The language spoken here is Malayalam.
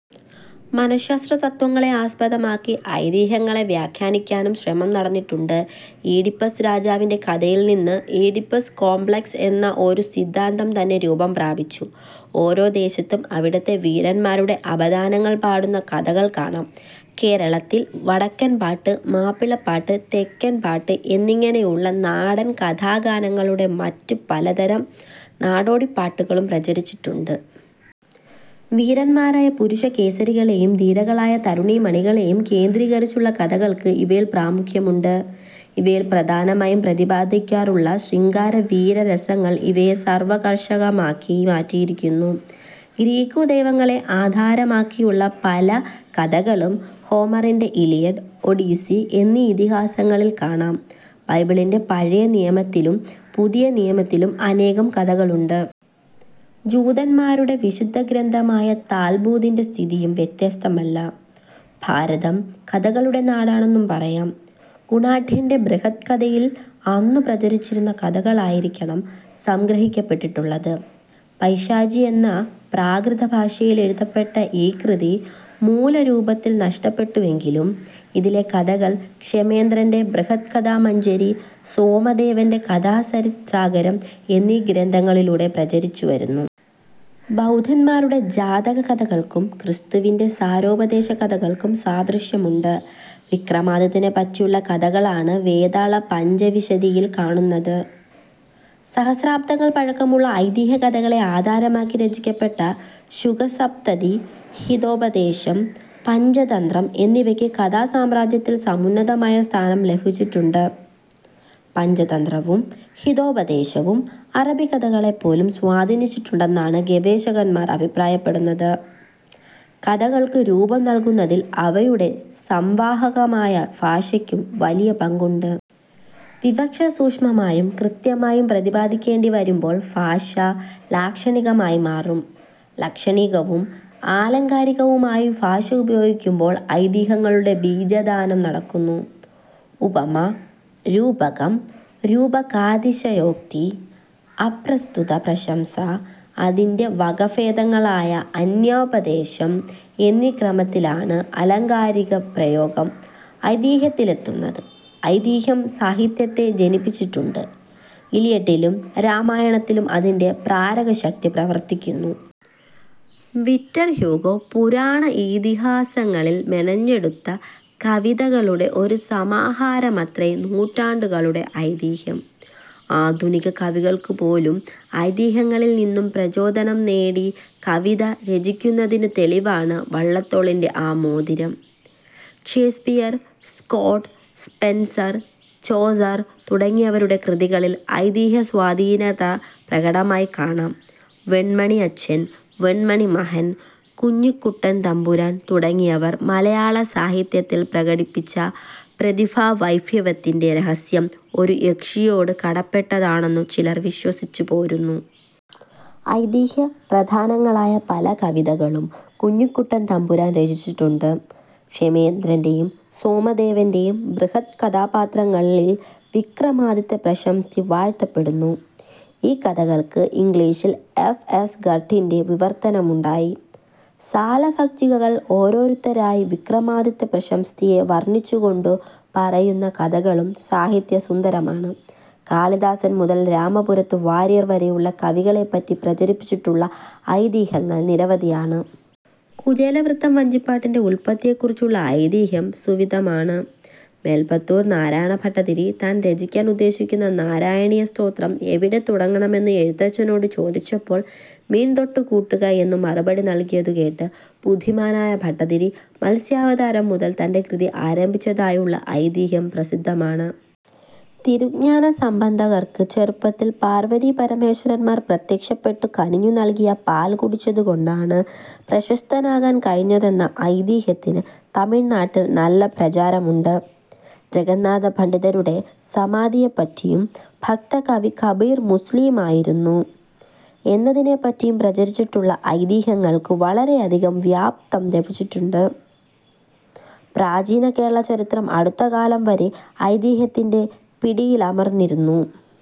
മനഃശാസ്ത്ര തത്ത്വങ്ങളെ ആസ്പദമാക്കി ഐതിഹ്യങ്ങളെ വ്യാഖ്യാനിക്കാനും ശ്രമം നടന്നിട്ടുണ്ട്. ഈഡിപ്പസ് രാജാവിന്റെ കഥയിൽനിന്ന് ഈഡിപ്പസ് കോമ്പ്ലക്സ് എന്ന ഒരു സിദ്ധാന്തം തന്നെ രൂപം പ്രാപിച്ചു. ഓരോ ദേശത്തും അവിടത്തെ വീരന്മാരുടെ അപദാനങ്ങൾ പാടുന്ന കഥകൾ കാണാം. കേരളത്തിൽ വടക്കൻപാട്ട്, മാപ്പിളപ്പാട്ട്, തെക്കൻപാട്ട് എന്നിങ്ങനെയുള്ള നാടൻ കഥാഗാനങ്ങളും മറ്റ് പലതരം നാടോടിപാട്ടുകളും പ്രചരിച്ചിട്ടുണ്ട്. വീരന്മാരായ പുരുഷകേസരികളേയും ധീരകളായ തരുണീമണികളെയും കേന്ദ്രീകരിച്ചുള്ള കഥകൾക്ക് ഇവയിൽ പ്രാമുഖ്യമുണ്ട്. ഇവയിൽ പ്രധാനമായി പ്രതിപദിക്കാറുള്ള ശൃംഗാരവീര രസങ്ങൾ ഇവയെ സർവാകർഷകമാക്കി മാറ്റിയിരിക്കുന്നു. ഗ്രീക്കുദൈവങ്ങളെ ആധാരമാക്കിയുള്ള പലകഥകളും ഹോമറിന്റെ ഇലിയഡ്, ഒഡീസി എന്നീ ഇതിഹാസങ്ങളിൽ കാണാം. ബൈബിളിന്റെ പഴയ നിയമത്തിലും പുതിയ നിയമത്തിലും അനേകം കഥകൾ ഉണ്ട്. ജൂതന്മാരുടെ വിശുദ്ധഗ്രന്ഥമായ താൽമൂദിന്റെ സ്ഥിതിയും വ്യത്യസ്തമല്ല. ഭാരതം കഥകളുടെ നാടാണെന്നു പറയാം. ഗുണാഢ്യന്റെ ബൃഹത്കഥയിൽ അന്നു പ്രചരിച്ചിരുന്ന കഥകൾ ആയിരിക്കണം സംഗ്രഹിക്കപ്പെട്ടിട്ടുള്ളത്. പൈശാചിയെന്ന പ്രാകൃതഭാഷയിൽ എഴുതപ്പെട്ട ഈ കൃതി മൂലരൂപത്തിൽ നഷ്ടപ്പെട്ടുവെങ്കിലും ഇതിലെ കഥകൾ ക്ഷേമേന്ദ്രന്റെ ബൃഹത്കഥാമഞ്ജരി, സോമദേവന്റെ കഥാസരിത് സാഗരം എന്നീ ഗ്രന്ഥങ്ങളിലൂടെ പ്രചരിച്ചുവരുന്നു. ബൗദ്ധന്മാരുടെ ജാതകകഥകൾക്കും' ക്രിസ്തുവിന്റെ സാരോപദേശ കഥകൾക്കും സാദൃശ്യമുണ്ട്. വിക്രമാദിത്യനെപ്പറ്റിയുള്ള കഥകളാണ് വേതാള പഞ്ചവിംശതിയിൽ കാണുന്നത്. സഹസ്രാബ്ദങ്ങൾ പഴക്കമുള്ള ഐതിഹ്യ കഥകളെ ആധാരമാക്കി രചിക്കപ്പെട്ട ശുകസപ്തതി, ഹിതോപദേശം, പഞ്ചതന്ത്രം എന്നിവക്ക് കഥാസാമ്രാജ്യത്തിൽ സമുന്നതമായ സ്ഥാനം ലഭിച്ചിട്ടുണ്ട്. പഞ്ചതന്ത്രവും ഹിതോപദേശവും അറബികഥകളെപ്പോലും സ്വാധീനിച്ചിട്ടുണ്ടെന്നാണ് ഗവേഷകന്മാർ അഭിപ്രായപ്പെടുന്നത്. കഥകൾക്കു രൂപം നൽകുന്നതിൽ അവയുടെ സംവാഹകമായ ഭാഷയ്ക്കു വലിയ പങ്കുണ്ട്. വിവക്ഷ സൂക്ഷ്മമായും കൃത്യമായും പ്രതിപാദിക്കേണ്ടി വരുമ്പോൾ ഭാഷ ലാക്ഷണികമായി മാറും. ലക്ഷണികവും ആലങ്കാരികവുമായി ഭാഷ ഉപയോഗിക്കുമ്പോൾ ഐതിഹ്യങ്ങളുടെ ബീജാധാനം നടക്കുന്നു. ഉപമ, രൂപകം, രൂപകാതിശയോക്തി, അപ്രസ്തുത പ്രശംസ, അതിന്റെ വകഭേദമായ അന്യാപദേശം എന്നീ ക്രമത്തിലാണ് ആലങ്കാരിക പ്രയോഗം ഐതിഹ്യത്തിൽ എത്തുന്നത്. ഐതിഹ്യം സാഹിത്യത്തെ ജനിപ്പിച്ചിട്ടുണ്ട്. 'ഇലിയട്ടിലും രാമായണത്തിലും അതിന്റെ പ്രേരകശക്തി പ്രവർത്തിക്കുന്നു. വിക്ടർഹ്യൂഗൊ പുരാണ ഇതിഹ്യങ്ങളിൽ മെനഞ്ഞെടുത്ത കവിതകളുടെ ഒരു സമാഹാരമത്രേ നൂറ്റാണ്ടുകളുടെ ഐതിഹ്യം. ആധുനിക കവികൾക്ക്പോലും ഐതിഹ്യങ്ങളിൽ നിന്നും പ്രചോദനം നേടി കവിത രചിക്കുന്നതിനു തെളിവാണ് വള്ളത്തോളിന്റെ ആ മോതിരം. ഷേക്സ്പിയർ, സ്കോട്ട്, സ്പെൻസർ, ചോസർ തുടങ്ങിയവരുടെ കൃതികളിൽ ഐതിഹ്യസ്വാധീനത പ്രകടമായി കാണാം. വെണ്മണി അച്ഛൻ, വെണ്മണി മഹൻ, കുഞ്ഞിക്കുട്ടൻതമ്പുരാൻ തുടങ്ങിയവർ മലയാളസാഹിത്യത്തിൽ പ്രകടിപ്പിച്ച പ്രതിഭാവൈഭവത്തിന്റെ രഹസ്യം ഒരു യക്ഷിയോടു കടപ്പെട്ടതാണെന്നു ചിലർ വിശ്വസിച്ചു പോരുന്നു. ഐതിഹ്യ പ്രധാനങ്ങളായ പല കവിതകളും കുഞ്ഞിക്കുട്ടൻതമ്പുരാൻ രചിച്ചിട്ടുണ്ട്. ക്ഷേമേന്ദ്രന്റെയും സോമദേവന്റെയും ബൃഹത് കഥാപാത്രങ്ങളിൽ വിക്രമാദിത്യ പ്രശസ്തി വാഴ്ത്തപ്പെടുന്നു. ഈ കഥകൾക്ക് ഇംഗ്ലീഷിൽ എഫ്. എസ്. ഗർട്ടിന്റെ വിവർത്തനമുണ്ടായി. സാലഭഞ്ജികകൾ ഓരോരുത്തരായി വിക്രമാതിത്യ പ്രശസ്തിയെ വർണിച്ചുകൊണ്ടു പറയുന്ന കഥകളും സാഹിത്യ സുന്ദരമാണ്. കാളിദാസൻ മുതൽ രാമപുരത്തു വാരിയർ വരെയുള്ള കവികളെപ്പറ്റി പ്രചരിപ്പിച്ചിട്ടുള്ള ഐതിഹ്യങ്ങൾ നിരവധിയാണ്. കുചേലവൃത്തം വഞ്ചിപ്പാട്ടിന്റെ ഉത്പത്തിയെ കുറിച്ചുള്ള ഐതിഹ്യം സുവിദിതമാണ്. മേല്പുത്തൂർ നാരായണ ഭട്ടതിരി താൻ രചിക്കാൻ ഉദ്ദേശിക്കുന്ന നാരായണീയം സ്തോത്രം എവിടെ തുടങ്ങണമെന്ന് എഴുത്തച്ഛനോടു ചോദിച്ചപ്പോൾ മീൻ തൊട്ടു കൂട്ടുക എന്നു മറുപടി നൽകിയതു കേട്ട് ബുദ്ധിമാനായ ഭട്ടതിരി മത്സ്യാവതാരം മുതൽ തന്റെ കൃതി ആരംഭിച്ചതായുള്ള ഐതിഹ്യം പ്രസിദ്ധമാണ്. തിരുഞ്ജാന സംബന്ധർക്ക് ചെറുപ്പത്തിൽ പാർവതീപരമേശ്വരന്മാർ പ്രത്യക്ഷപ്പെട്ടു കനിഞ്ഞു നൽകിയ പാൽ കുടിച്ചതു കൊണ്ടാണ് പ്രശസ്തനാകാൻ കഴിഞ്ഞതെന്ന ഐതിഹ്യത്തിന് തമിഴ് നാട്ടിൽ നല്ല പ്രചാരമുണ്ട്. ജഗന്നാഥപണ്ഡിതരുടെ സമാധിയെപ്പറ്റിയും ഭക്തകവി കബീർ മുസ്ലിം ആയിരുന്നു എന്നതിനെപ്പറ്റിയും പ്രചരിച്ചിട്ടുള്ള ഐതിഹ്യങ്ങൾക്കു വളരെയധികം വ്യാപത്വം ലഭിച്ചിട്ടുണ്ട്. പ്രാചീന കേരളചരിത്രം അടുത്തകാലം വരെ ഐതിഹ്യത്തിന്റെ പിടിയിലമർന്നിരുന്നു.